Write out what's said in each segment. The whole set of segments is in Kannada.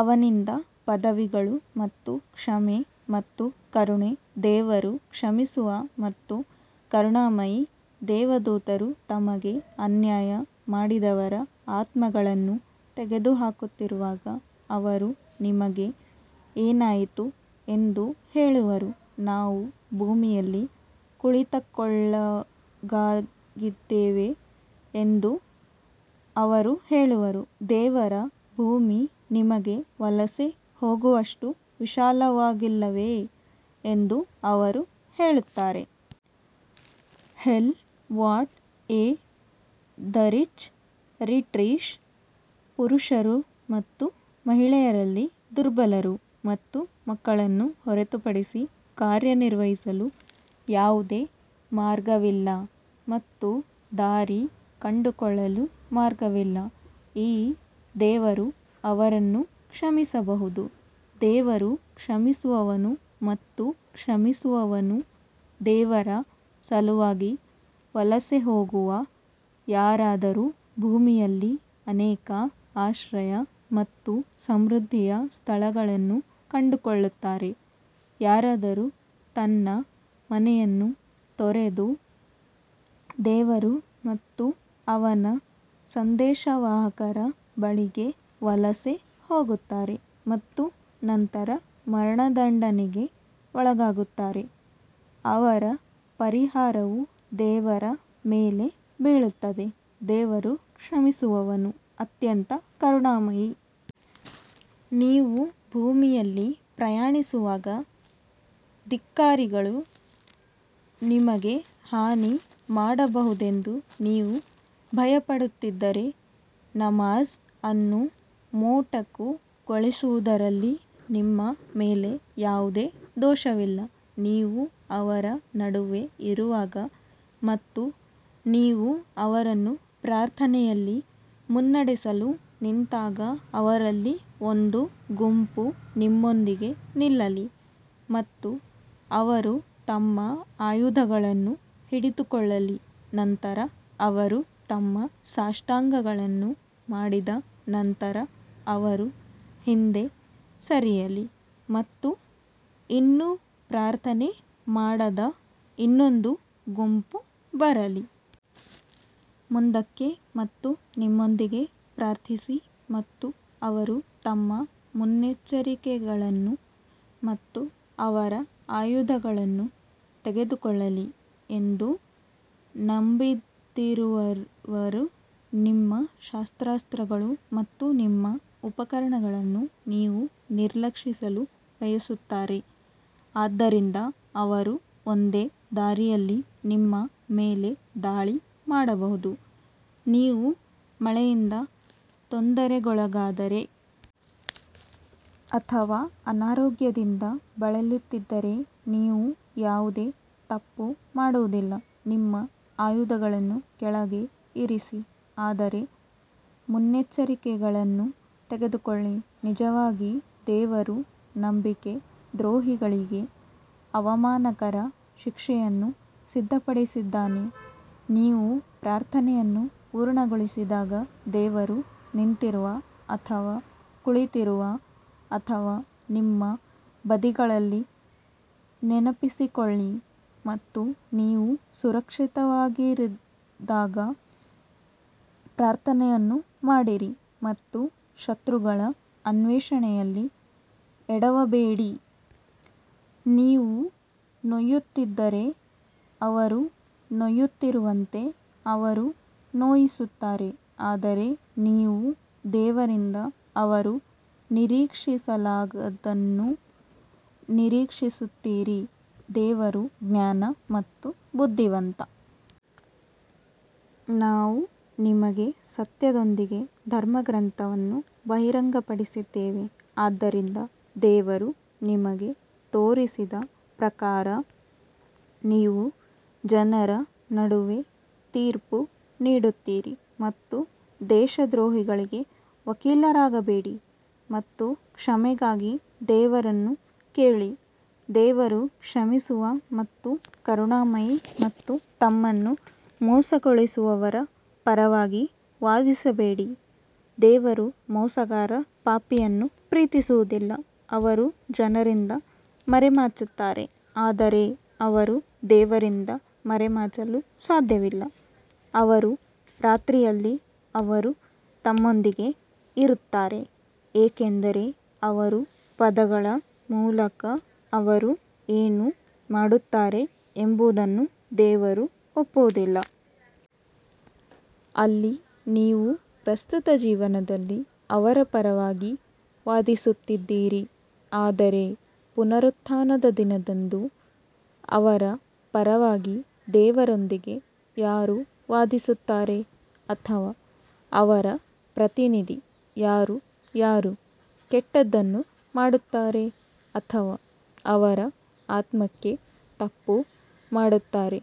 ಅವನಿಂದ ಪದವಿಗಳು ಮತ್ತು ಕ್ಷಮೆ ಮತ್ತು ಕರುಣೆ ದೇವರು ಕ್ಷಮಿಸುವ ಮತ್ತು ಕರುಣಾಮಯಿ ದೇವದೂತರು ತಮಗೇ ಅನ್ಯಾಯ ಮಾಡಿದವರ ಆತ್ಮಗಳನ್ನು ತೆಗೆದುಹಾಕುತ್ತಿರುವಾಗ ಅವರು ನಿಮಗೆ ಏನಾಯಿತು ಎಂದು ಹೇಳುವರು, ನಾವು ಭೂಮಿಯಲ್ಲಿ ತುಳಿತಕ್ಕೊಳಗಾಗಿದ್ದೇವೆ ಎಂದು ಅವರು ಹೇಳುವರು, ದೇವರ ಭೂಮಿ ನಿಮಗೆ ವಲಸೆ ಹೋಗುವಷ್ಟು ವಿಶಾಲವಾಗಿಲ್ಲವೇ ಎಂದು ಅವರು ಹೇಳುತ್ತಾರೆ. Hell what a wretched retreat ಪುರುಷರು ಮತ್ತು ಮಹಿಳೆಯರಲ್ಲಿ ದುರ್ಬಲರು ಮತ್ತು ಮಕ್ಕಳನ್ನು ಹೊರತುಪಡಿಸಿ ಕಾರ್ಯನಿರ್ವಹಿಸಲು ಯಾವುದೇ ಮಾರ್ಗವಿಲ್ಲ ಮತ್ತು ದಾರಿ ಕಂಡುಕೊಳ್ಳಲು ಮಾರ್ಗವಿಲ್ಲ ಈ ದೇವರು ಅವರನ್ನು ಕ್ಷಮಿಸಬಹುದು, ದೇವರು ಕ್ಷಮಿಸುವವನು ಮತ್ತು ಕ್ಷಮಿಸುವವನು ದೇವರ ಸಲುವಾಗಿ ವಲಸೆ ಹೋಗುವ ಯಾರಾದರೂ ಭೂಮಿಯಲ್ಲಿ ಅನೇಕ ಆಶ್ರಯ ಮತ್ತು ಸಮೃದ್ಧಿಯ ಸ್ಥಳಗಳನ್ನು ಕಂಡುಕೊಳ್ಳುತ್ತಾರೆ, ಯಾರಾದರೂ ತನ್ನ ಮನೆಯನ್ನು ತೊರೆದು ದೇವರು ಮತ್ತು ಅವನ ಸಂದೇಶವಾಹಕರ ಬಳಿಗೆ ವಲಸೆ ಹೋಗುತ್ತಾರೆ ಮತ್ತು ನಂತರ ಮರಣದಂಡನೆಗೆ ಒಳಗಾಗುತ್ತಾರೆ ಅವರ ಪರಿಹಾರವು ದೇವರ ಮೇಲೆ ಬೀಳುತ್ತದೆ ದೇವರು ಕ್ಷಮಿಸುವವನು ಅತ್ಯಂತ ಕರುಣಾಮಯಿ. ನೀವು ಭೂಮಿಯಲ್ಲಿ ಪ್ರಯಾಣಿಸುವಾಗ, ಧಿಕ್ಕಾರಿಗಳು ನಿಮಗೆ ಹಾನಿ ಮಾಡಬಹುದೆಂದು ನೀವು ಭಯಪಡುತ್ತಿದ್ದರೆ, ನಮಾಝ್ ಅನ್ನು ಮೊಟಕುಗೊಳಿಸುವುದರಲ್ಲಿ ನಿಮ್ಮ ಮೇಲೆ ಯಾವುದೇ ದೋಷವಿಲ್ಲ. ನೀವು ಅವರ ನಡುವೆ ಇರುವಾಗ ಮತ್ತು ನೀವು ಅವರನ್ನು ಪ್ರಾರ್ಥನೆಯಲ್ಲಿ ಮುನ್ನಡೆಸಲು ನಿಂತಾಗ ಅವರಲ್ಲಿ ಒಂದು ಗುಂಪು ನಿಮ್ಮೊಂದಿಗೆ ನಿಲ್ಲಲಿ ಮತ್ತು ಅವರು ತಮ್ಮ ಆಯುಧಗಳನ್ನು ಹಿಡಿದುಕೊಳ್ಳಲಿ, ನಂತರ ಅವರು ತಮ್ಮ ಸಾಷ್ಟಾಂಗಗಳನ್ನು ಮಾಡಿದ ನಂತರ ಅವರು ಹಿಂದೆ ಸರಿಯಲಿ ಮತ್ತು ಇನ್ನೂ ಪ್ರಾರ್ಥನೆ ಮಾಡದ ಇನ್ನೊಂದು ಗುಂಪು ಬರಲಿ. ಮುಂದಕ್ಕೆ ಮತ್ತು ನಿಮ್ಮೊಂದಿಗೆ ಪ್ರಾರ್ಥಿಸಿ ಮತ್ತು ಅವರು ತಮ್ಮ ಮುನ್ನೆಚ್ಚರಿಕೆಗಳನ್ನು ಮತ್ತು ಅವರ ಆಯುಧಗಳನ್ನು ತೆಗೆದುಕೊಳ್ಳಲಿ ಎಂದು ನಂಬದಿರುವವರು ನಿಮ್ಮ ಶಸ್ತ್ರಾಸ್ತ್ರಗಳು ಮತ್ತು ನಿಮ್ಮ ಉಪಕರಣಗಳನ್ನು ನೀವು ನಿರ್ಲಕ್ಷಿಸಲು ಬಯಸುತ್ತಾರೆ, ಆದ್ದರಿಂದ ಅವರು ಒಂದೇ ದಾಳಿಯಲ್ಲಿ ನಿಮ್ಮ ಮೇಲೆ ದಾಳಿ ಮಾಡಬಹುದು, ನೀವು ಮಳೆಯಿಂದ ತೊಂದರೆಗೊಳಗಾದರೆ ಅಥವಾ ಅನಾರೋಗ್ಯದಿಂದ ಬಳಲುತ್ತಿದ್ದರೆ ನೀವು ಯಾವುದೇ ತಪ್ಪು ಮಾಡುವುದಿಲ್ಲ ನಿಮ್ಮ ಆಯುಧಗಳನ್ನು ಕೆಳಗೆ ಇರಿಸಿ ಆದರೆ ಮುನ್ನೆಚ್ಚರಿಕೆಗಳನ್ನು ತೆಗೆದುಕೊಳ್ಳಿ ನಿಜವಾಗಿ ದೇವರು ನಂಬಿಕೆ ದ್ರೋಹಿಗಳಿಗೆ ಅವಮಾನಕರ ಶಿಕ್ಷೆಯನ್ನು ಸಿದ್ಧಪಡಿಸಿದ್ದಾನೆ ನೀವು ಪ್ರಾರ್ಥನೆಯನ್ನು ಪೂರ್ಣಗೊಳಿಸಿದಾಗ ದೇವರು ನಿಂತಿರುವ ಅಥವಾ ಕುಳಿತಿರುವ ಅಥವಾ ನಿಮ್ಮ ಬದಿಗಳಲ್ಲಿ ನೆನಪಿಸಿಕೊಳ್ಳಿ ಮತ್ತು ನೀವು ಸುರಕ್ಷಿತವಾಗಿರಿದಾಗ ಪ್ರಾರ್ಥನೆಯನ್ನು ಮಾಡಿರಿ ಮತ್ತು ಶತ್ರುಗಳ ಅನ್ವೇಷಣೆಯಲ್ಲಿ ಎಡವಬೇಡಿ ನೀವು ನೋಯುತ್ತಿದ್ದರೆ ಅವರು ನೋಯುತ್ತಿರುವಂತೆ ಅವರು ನೋಯಿಸುತ್ತಾರೆ ಆದರೆ ನೀವು ದೇವರಿಂದ ಅವರು ನಿರೀಕ್ಷಿಸಲಾಗದದನ್ನು ನಿರೀಕ್ಷಿಸುತ್ತೀರಿ ದೇವರು ಜ್ಞಾನ ಮತ್ತು ಬುದ್ಧಿವಂತ. ನಾವು ನಿಮಗೆ ಸತ್ಯದೊಂದಿಗೆ ಧರ್ಮಗ್ರಂಥವನ್ನು ಬಹಿರಂಗಪಡಿಸಿದ್ದೇವೆ, ಆದ್ದರಿಂದ ದೇವರು ನಿಮಗೆ ತೋರಿಸಿದ ಪ್ರಕಾರ ನೀವು ಜನರ ನಡುವೆ ತೀರ್ಪು ನೀಡುತ್ತೀರಿ ಮತ್ತು ದೇಶದ್ರೋಹಿಗಳಿಗೆ ವಕೀಲರಾಗಬೇಡಿ ಮತ್ತು ಕ್ಷಮೆಗಾಗಿ ದೇವರನ್ನು ಕೇಳಿ ದೇವರು ಕ್ಷಮಿಸುವ ಮತ್ತು ಕರುಣಾಮಯಿ ಮತ್ತು ತಮ್ಮನ್ನು ಮೋಸಗೊಳಿಸುವವರ ಪರವಾಗಿ ವಾದಿಸಬೇಡಿ ದೇವರು ಮೋಸಗಾರ ಪಾಪಿಯನ್ನು ಪ್ರೀತಿಸುವುದಿಲ್ಲ ಅವರು ಜನರಿಂದ ಮರೆಮಾಚುತ್ತಾರೆ ಆದರೆ ಅವರು ದೇವರಿಂದ ಮರೆಮಾಡಲು ಸಾಧ್ಯವಿಲ್ಲ, ಅವರು ರಾತ್ರಿಯಲ್ಲಿ ಅವರು ತಮ್ಮೊಂದಿಗೆ ಇರುತ್ತಾರೆ ಏಕೆಂದರೆ ಅವರು ಪದಗಳ ಮೂಲಕ ಅವರು ಏನು ಮಾಡುತ್ತಾರೆ ಎಂಬುದನ್ನು ದೇವರು ಒಪ್ಪುವುದಿಲ್ಲ. ಅಲ್ಲಿ ನೀವು ಪ್ರಸ್ತುತ ಜೀವನದಲ್ಲಿ ಅವರ ಪರವಾಗಿ ವಾದಿಸುತ್ತಿದ್ದೀರಿ ಆದರೆ ಪುನರುತ್ಥಾನದ ದಿನದಂದು ಅವರ ಪರವಾಗಿ ದೇವರೊಂದಿಗೆ ಯಾರು ವಾದಿಸುತ್ತಾರೆ ಅಥವಾ ಅವರ ಪ್ರತಿನಿಧಿ ಯಾರು ಯಾರು ಕೆಟ್ಟದ್ದನ್ನು ಮಾಡುತ್ತಾರೆ ಅಥವಾ ಅವರ ಆತ್ಮಕ್ಕೆ ತಪ್ಪು ಮಾಡುತ್ತಾರೆ,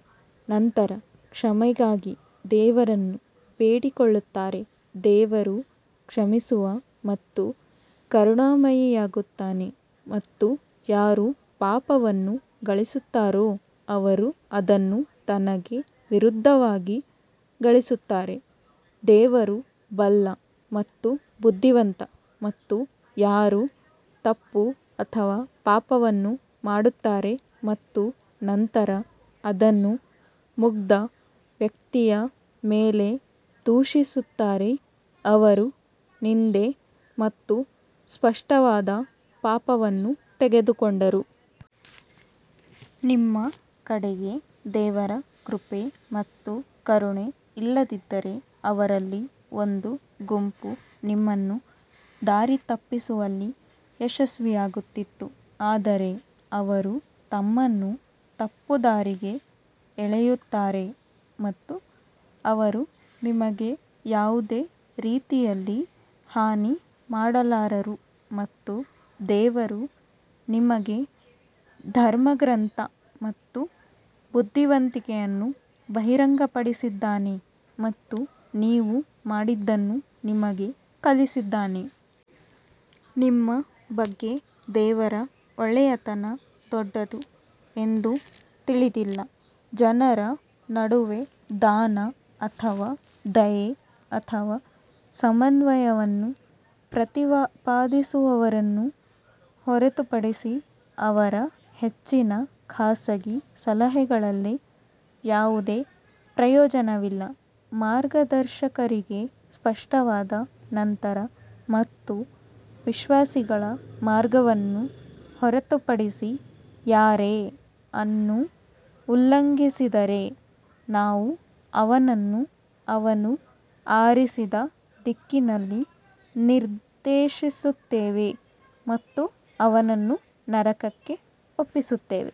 ನಂತರ ಕ್ಷಮೆಗಾಗಿ ದೇವರನ್ನು ಬೇಡಿಕೊಳ್ಳುತ್ತಾರೆ, ದೇವರು ಕ್ಷಮಿಸುವ ಮತ್ತು ಕರುಣಾಮಯಿಯಾಗುತ್ತಾನೆ ಮತ್ತು ಯಾರು ಪಾಪವನ್ನು ಗಳಿಸುತ್ತಾರೋ ಅವರು ಅದನ್ನು ತನಗೆ ವಿರುದ್ಧವಾಗಿ ಗಳಿಸುತ್ತಾರೆ, ದೇವರು ಬಲ್ಲ ಮತ್ತು ಬುದ್ಧಿವಂತ ಮತ್ತು ಯಾರು ತಪ್ಪು ಅಥವಾ ಪಾಪವನ್ನು ಮಾಡುತ್ತಾರೆ ಮತ್ತು ನಂತರ ಅದನ್ನು ಮುಗ್ಧ ವ್ಯಕ್ತಿಯ ಮೇಲೆ ದೂಷಿಸುತ್ತಾರೆ, ಅವರು ನಿಂದೆ ಮತ್ತು ಸ್ಪಷ್ಟವಾದ ಪಾಪವನ್ನು ತೆಗೆದುಕೊಂಡರು. ನಿಮ್ಮ ಕಡೆಗೆ ದೇವರ ಕೃಪೆ ಮತ್ತು ಕರುಣೆ ಇಲ್ಲದಿದ್ದರೆ ಅವರಲ್ಲಿ ಒಂದು ಗುಂಪು ನಿಮ್ಮನ್ನು ದಾರಿತಪ್ಪಿಸುವಲ್ಲಿ ಯಶಸ್ವಿಯಾಗುತ್ತಿತ್ತು ಆದರೆ ಅವರು ತಮ್ಮನ್ನು ತಪ್ಪುದಾರಿಗೆ ಎಳೆಯುತ್ತಾರೆ ಮತ್ತು ಅವರು ನಿಮಗೆ ಯಾವುದೇ ರೀತಿಯಲ್ಲಿ ಹಾನಿ ಮಾಡಲಾರರು ಮತ್ತು ದೇವರು ನಿಮಗೆ ಧರ್ಮಗ್ರಂಥ ಮತ್ತು ಬುದ್ಧಿವಂತಿಕೆಯನ್ನು ಬಹಿರಂಗಪಡಿಸಿದ್ದಾನೆ ಮತ್ತು ನೀವು ಮಾಡಿದ್ದನ್ನು ನಿಮಗೆ ಕಲಿಸಿದ್ದಾನೆ. ನಿಮ್ಮ ಬಗ್ಗೆ ದೇವರ ಒಳ್ಳೆಯತನ ದೊಡ್ಡದು ಎಂದು ತಿಳಿದಿಲ್ಲ ಜನರ ನಡುವೆ ದಾನ ಅಥವಾ ದಯೆ ಅಥವಾ ಸಮನ್ವಯವನ್ನು ಪ್ರತಿಪಾದಿಸುವವರನ್ನು ಹೊರತುಪಡಿಸಿ ಅವರ ಹೆಚ್ಚಿನ ಖಾಸಗಿ ಸಲಹೆಗಳಲ್ಲಿ ಯಾವುದೇ ಪ್ರಯೋಜನವಿಲ್ಲ ಮಾರ್ಗದರ್ಶಕರಿಗೆ ಸ್ಪಷ್ಟವಾದ ನಂತರ ಮತ್ತು ವಿಶ್ವಾಸಿಗಳ ಮಾರ್ಗವನ್ನು ಹೊರತುಪಡಿಸಿ ಯಾರೇ ಅನ್ನು ಉಲ್ಲಂಘಿಸಿದರೆ, ನಾವು ಅವನನ್ನು ಅವನು ಆರಿಸಿದ ದಿಕ್ಕಿನಲ್ಲಿ ನಿರ್ದೇಶಿಸುತ್ತೇವೆ ಮತ್ತು ಅವನನ್ನು ನರಕಕ್ಕೆ ಒಪ್ಪಿಸುತ್ತೇವೆ.